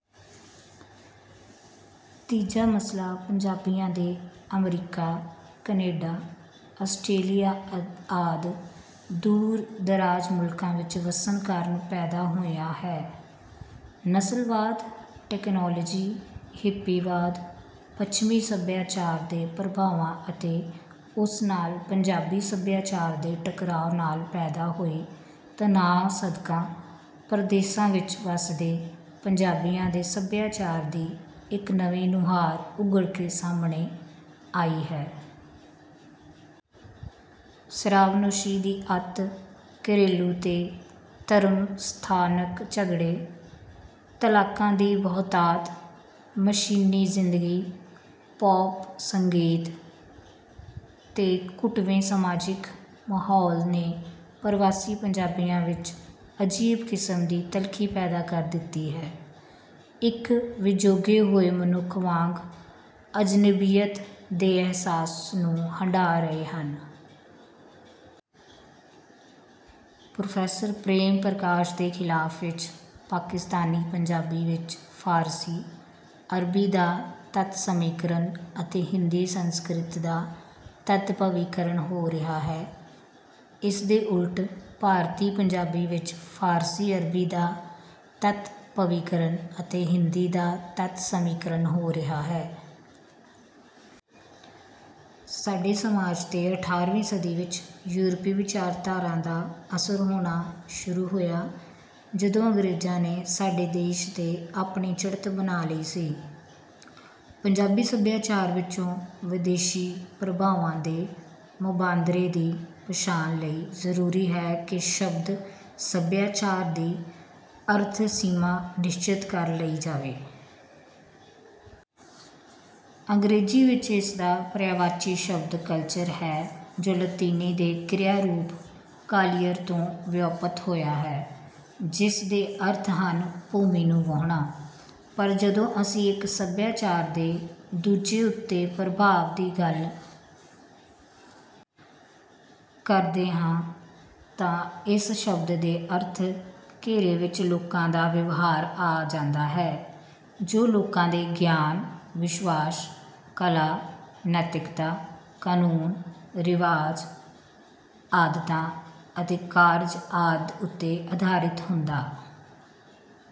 ਤੀਜਾ ਮਸਲਾ ਪੰਜਾਬੀਆਂ ਦੇ ਅਮਰੀਕਾ, ਕੈਨੇਡਾ, ਆਸਟ੍ਰੇਲੀਆ ਆਦਿ ਦੂਰ-ਦਰਾਜ ਮੁਲਕਾਂ ਵਿੱਚ ਵਸਣ ਕਾਰਨ ਪੈਦਾ ਹੋਇਆ ਹੈ। ਨਸਲਵਾਦ, ਟੇਕਨਾਲੋਜੀ, ਹਿੱਪੀਵਾਦ, ਪੱਛਮੀ ਸਭਿਆਚਾਰ ਦੇ ਪ੍ਰਭਾਵਾਂ ਅਤੇ ਉਸ ਨਾਲ ਪੰਜਾਬੀ ਸਭਿਆਚਾਰ ਦੇ ਟਕਰਾਓ ਨਾਲ ਪੈਦਾ ਹੋਏ ਤਨਾਓ ਸਦਕਾ ਪ੍ਰਦੇਸਾਂ ਵਿੱਚ ਵਸਦੇ ਪੰਜਾਬੀਆਂ ਦੇ ਸਭਿਆਚਾਰ ਦੀ ਇੱਕ ਨਵੀਂ ਨੁਹਾਰ ਉਘੜ ਕੇ ਸਾਹਮਣੇ ਆਈ ਹੈ। ਸ਼ਰਾਬਨੋਸ਼ੀ ਦੀ ਅਤਿ, ਘਰੇਲੂ ਤੇ ਧਰਮ-ਸਥਾਨਕ ਝਗੜੇ, ਤਲਾਕਾਂ ਦੀ ਬਹੁਤਾਤ, ਮਸ਼ੀਨੀ ਜਿੰਦਗੀ, ਪੌਪ ਸੰਗੀਤ ਤੇ ਘੁਟਵੇਂ ਸਮਾਜਿਕ ਮਾਹੌਲ ਨੇ ਪ੍ਰਵਾਸੀ ਪੰਜਾਬੀਆਂ ਵਿੱਚ ਅਜੀਬ ਕਿਸਮ ਦੀ ਤਲਖੀ ਪੈਦਾ ਕਰ ਦਿੱਤੀ ਹੈ। ਇੱਕ ਵਿਯੋਗੇ ਹੋਏ ਮਨੁੱਖ ਵਾਂਗ ਅਜਨਬੀਅਤ ਦੇ ਅਹਿਸਾਸ ਨੂੰ ਹੰਢਾ ਰਹੇ ਹਨ। ਪ੍ਰੋਫੈਸਰ ਪ੍ਰੇਮ ਪ੍ਰਕਾਸ਼ ਦੇ ਖਿਆਲ ਵਿੱਚ ਪਾਕਿਸਤਾਨੀ-ਪੰਜਾਬੀ ਵਿੱਚ ਫ਼ਾਰਸੀ, ਅਰਬੀ ਦਾ ਤਤਸਮੀਕਰਨ ਅਤੇ ਹਿੰਦੀ-ਸੰਸਕ੍ਰਿਤ ਦਾ ਤਦਭਵੀਕਰਨ ਹੋ ਰਿਹਾ ਹੈ। ਇਸਦੇ ਉਲਟ ਭਾਰਤੀ ਪੰਜਾਬੀ ਵਿੱਚ ਫ਼ਾਰਸੀ-ਅਰਬੀ ਦਾ ਤਦਭਵੀਕਰਨ ਅਤੇ ਹਿੰਦੀ ਦਾ ਤਤਸਮੀਕਰਨ ਹੋ ਰਿਹਾ ਹੈ। ਸਾਡੇ ਸਮਾਜ ਤੇ ਅਠਾਰ੍ਹਵੀਂ ਸਦੀ ਵਿੱਚ ਯੂਰਪੀ ਵਿਚਾਰਧਾਰਾ ਦਾ ਅਸਰ ਹੋਣਾ ਸ਼ੁਰੂ ਹੋਇਆ, ਜਦੋਂ ਅੰਗਰੇਜ਼ਾਂ ਨੇ ਸਾਡੇ ਦੇਸ਼ ਤੇ ਆਪਣੀ ਚੜ੍ਹਤ ਬਣਾ ਲਈ ਸੀ। ਪੰਜਾਬੀ ਸੱਭਿਆਚਾਰ ਵਿੱਚੋਂ ਵਿਦੇਸ਼ੀ ਪ੍ਰਭਾਵਾਂ ਦੇ ਮੁਬਾਂਦਰੇ ਦੀ ਪਛਾਣ ਲਈ ਜ਼ਰੂਰੀ ਹੈ ਕਿ ਸ਼ਬਦ 'ਸੱਭਿਆਚਾਰ' ਦੀ ਅਰਥ-ਸੀਮਾ ਨਿਸ਼ਚਿਤ ਕਰ ਲਈ ਜਾਵੇ। ਅੰਗਰੇਜ਼ੀ ਵਿੱਚ ਇਸਦਾ ਪਰਿਆਇਵਾਚੀ ਸ਼ਬਦ 'ਕਲਚਰ' ਹੈ ਜੋ ਲਾਤਿਨੀ ਦੇ ਕ੍ਰਿਆ-ਰੂਪ 'ਕਾਲੀਅਰ' ਤੋਂ ਵਿਉਤਪਤ ਹੋਇਆ ਹੈ, ਜਿਸਦੇ ਅਰਥ ਹਨ ਭੂਮੀ ਨੂੰ ਵਾਹੁਣਾ। ਪਰ ਜਦੋਂ ਅਸੀਂ ਇੱਕ ਸਭਿਆਚਾਰ ਦੇ ਦੂਜੇ ਉੱਤੇ ਪ੍ਰਭਾਵ ਦੀ ਗੱਲ ਕਰਦੇ ਹਾਂ, ਤਾਂ ਇਸ ਸ਼ਬਦ ਦੇ ਅਰਥ-ਘੇਰੇ ਵਿੱਚ ਲੋਕਾਂ ਦਾ ਵਿਵਹਾਰ ਆ ਜਾਂਦਾ ਹੈ, ਜੋ ਲੋਕਾਂ ਦੇ ਗਿਆਨ, ਵਿਸ਼ਵਾਸ, ਕਲਾ, ਨੈਤਿਕਤਾ, ਕਾਨੂੰਨ, ਰਿਵਾਜ਼, ਆਦਤਾਂ, ਅਤੇ ਕਾਰਜ ਆਦਿ ਉੱਤੇ ਆਧਾਰਿਤ ਹੁੰਦਾ